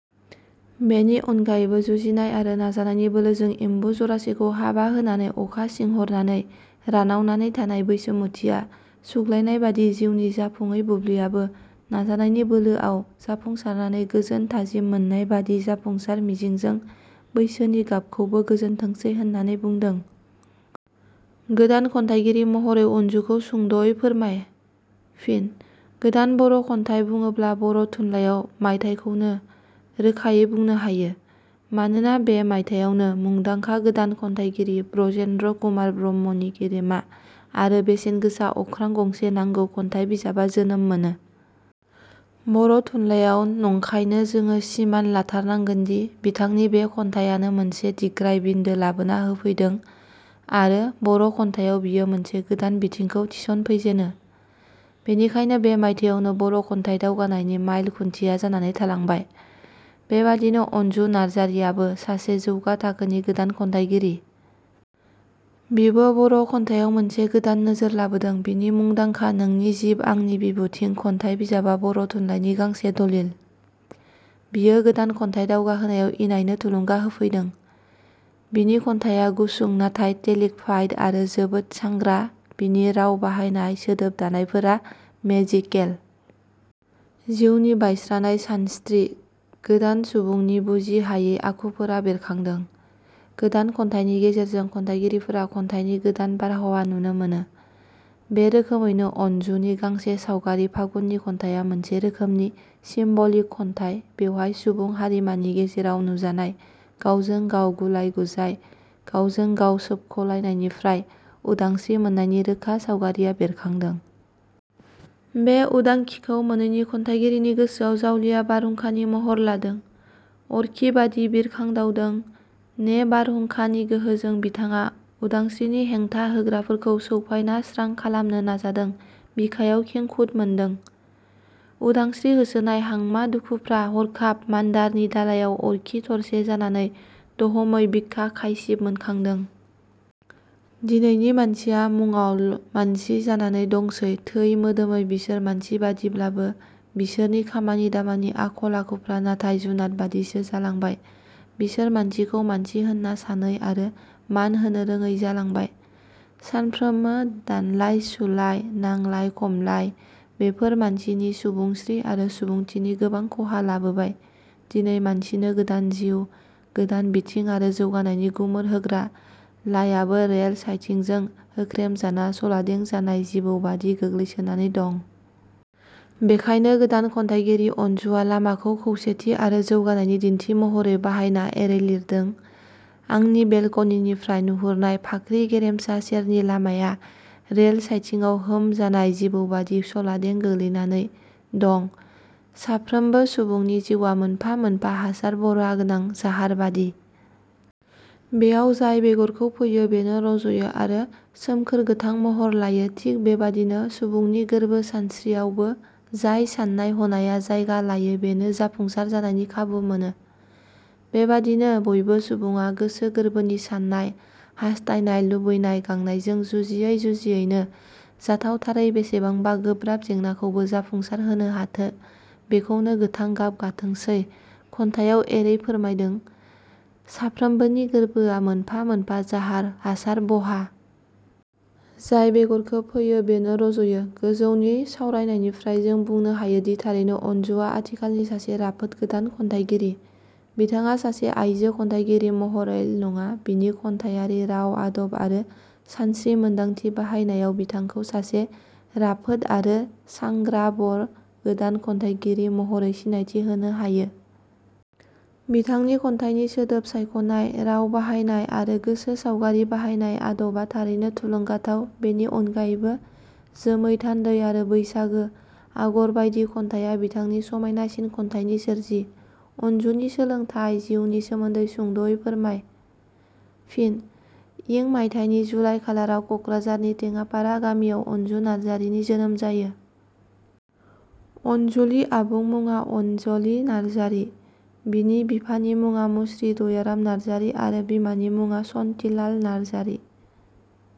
बेनि अनगायैबो जुजिनाय आरो नाजानायनि बोलोजों एम्बु जरासेखौ हाबा होनानै अखा सिंहरनानै रानावनानै थानाय बैसोमुथिया सुग्लायनायबादि जिउनि जाफुङै बुब्लियाबो नाजानायनि बोलो आव जाफुंसारनानै गोजोन थाजिम मोननाय बादि जाफुंसार मिजिंजों बैसोनि गोबखौबो गोजोनथोंसै होननानै बुंदों। गोदान खन्थाइगिरि महरै अन्जुखौ सुंदवै फोरमाय। फिन: गोदान बर' खन्थाइ बुङोब्ला बर' थुनलायाव मायथाइखौनो रोखायै बुंनो हायो। मानोना बे मायथायावनो मुदांखा गोदान खन्थाइगिरि ब्रजेन्द्र कुमार ब्रह्मनि गेदेमा आरो बेसेनगोसा अख्रां गंसे नांगौ खन्थाइ बिजाबा जोनोम मोनो। बर' थुनलायाव नंखायनो जोङो सिमान लाथारनांगोनदि बिथांनि बे खन्थाइयानो मोनसे दिग्राय बिन्दो लाबोना होफैदों आरो बर' खन्थायाव बियो मोनसे गोदान बिथिंखौ थिसनफैजेनो। बेनिखायनो बे मायथायानो बर' खन्थाइ दावगानायनि माइल खुन्थिया जानानै थालांबाय। बेबादिनो अनजु नार्जारीयाबो सासे जौगा थाखोनि गोदान खन्थाइगिरि। बिबो बर' खन्थाइयाव मोनसे गोदान नोजोर लाबोदों बिनि मुंदांखा नोंनि जिब आंनि बिबुथिं' खन्थाइ बिजाबा बर' थुनलाइनि गांसे दलिल। बियो गोदान 'खन्थाइ दावगाहोनायाव इनायनो थुलुंगा होफैदों। बिनि खन्थाइया गुसुं नाथाय टेलिक फाइड आरो जोबोद सांग्रा बिनि राव बाहायनाय, सोदोब दानायफोरा मेजिकेल। जिउनि बायस्रानाय सानस्त्रि, गोदान सुबुंनि बुजि हायै आखुफोरा बेरखादों। गोदान खन्थाइनि गेजेरजों खन्थाइगिरिफोरा खन्थाइनि गोदान बारहावा नुनो मोनो। बे रोखोमैनो अनजुनि गांसे सावगारि फागुननि खन्थाइया मोनसे रोखोमनि सिम्बलिक खन्थाइ बेवहाय सुबुं हारिमानि गेजेराव नुजानाय गावजों गाव गुलाय गुजाय, गावजों गाव सोबख'लायनायनिफ्राय उदांस्रि मोननायनि रोखा सावगारिया बेरखादों। बे उदांखिखौ मोनैनि खन्थाइगिरिनि गोसोआव जावलिया बारहुंखानि महर लादों अरखिबादि बिरखांदावदों ने बारहुंखानि गोहोजों बिथाङा उदांस्रिनि हेंथा होग्राफोरखौ सौफाइना स्रां खालामनो नाजादों बिखायाव खेंखुद मोनदों। उदांस्रि होसोनाय हांमा दुखुफ्रा हरखाब मानदारनि दालाइआव अरखि थरसे जानानै दहमै बिखा खायसिब मोनखांदों। " दिनैनि मानसिया मुङावल मानसि जानानै दंसै थै मोदोमै बिसोर मानसिबादि ब्लाबो बिसोरनि खामानि दामानि आखल आखुफ्रा नाथाय जुनादबादिसो जालांबाय बिसोर मानसिखौ मानसि होन्ना सानै आरो मान होनोरोङै जालांबाय सानफ्रोमो दानलाय सु-लाय, नांलाय-खमलाय बेफोर मानसिनि सुबुंस्रि आरो सुबुंथिनि गोबां खहा लाबोबाय दिनै मानसिनो गोदान जिउ, गोदान बिथिं आरो जौगानायनि गुमुर होग्रा लाययाबो रेल सायथिंजों होख्रेम जाना सलादें जानाय जिबौबादि गोग्लैसोनानै दं। बेखायनो गोदान खन्थाइगिरि अन्जुवा लामाखौ खोसेथि आरो जौगानायनि दिन्थि महरै बाहायना एरै लिरदों- आंनि बेलकनिनिफ्राय नुहरनाय फाख्रि गेरेमसा सेरनि लामाया रेल सायथिङाव होम जानाय जिबौबादि सलादें गोग्लैनाने दं। साफ्रोमबो सुबुंनि जिउवा मोनफा मोनफा हासार बरहा गोनां जाहारबादि। बेयाव जाय बेगरखौ फोयो बेनो रजयो आरो सोमखोर गोथां महर लायो थिग बेबादिनो सुबुंनि गोरबो सानस्रियावबो जाय साननाय हनाया जायगा लायो बेनो जाफुंसार जानायनि खाबु मोनो बेबादिनो बयबो सुबुङा गोसो गोरबोनि साननाय, हास्थायनाय, लुबैनाय-गांनायजों जुजियै जुजियैनो जाथावथारै बेसेबांबा गोब्राब जेंनाखौबो जाफुंसार होनो हाथो बेखौनो 'गोथां गाब गाथोंसै' खन्थायाव एरै फोरमायदों- 'साफ्रोमनिबो गोर्बोआ मोनफा मोनफा जाहार हासार-बहा। जाय बेगरखोफोयो बेनो रजयो। गोजौनि सावरायनायनिफ्राय जों बुंनो हायोदि थारैनो अनजुवा आथिखालनि सासे राफोद गोदान खन्थाइगिरि। बिथाङा सासे आइजो खन्थाइगिरि महरैल नङा बिनि खन्थाइयारि राव आदब आरो सानस्रि मोन्दांथि बाहायनायाव बिथांखौ सासे राफोद आरो सांग्रा बर गोदान खन्थाइगिरि महरै सिनायथि होनो हायो। बिथांनि खन्थाइनि सोदोब सायखनाय, राव बाहायनाय, आरो गोसो सावगारि बाहायनाय, आदबा थारैनो थुलुंगाथाव बेनि अनगायैबो, 'जोमै थान्दै' आरो 'बैसागो 'आगर बाइदि खन्थाइया बिथांनि समाइनासिन खन्थाइनि सोरजि अनजुनि सोलोंथाय जिवनि सोमोन्दै सुंदवै फोरमाय। फिन:इं मायथाइनि जुलाइ खालाराव कक्राझारनि टेङापारा गामियाव अन्जु नार्जारीनि जोनोम जायो। अनजुलि आबुं मुङा अन्जलि नार्जारी बिनि बिफानि मुङा मुस्रि दयाराम नार्जारी आरो बिमानि मुङा शन्तिलाल नारजारि।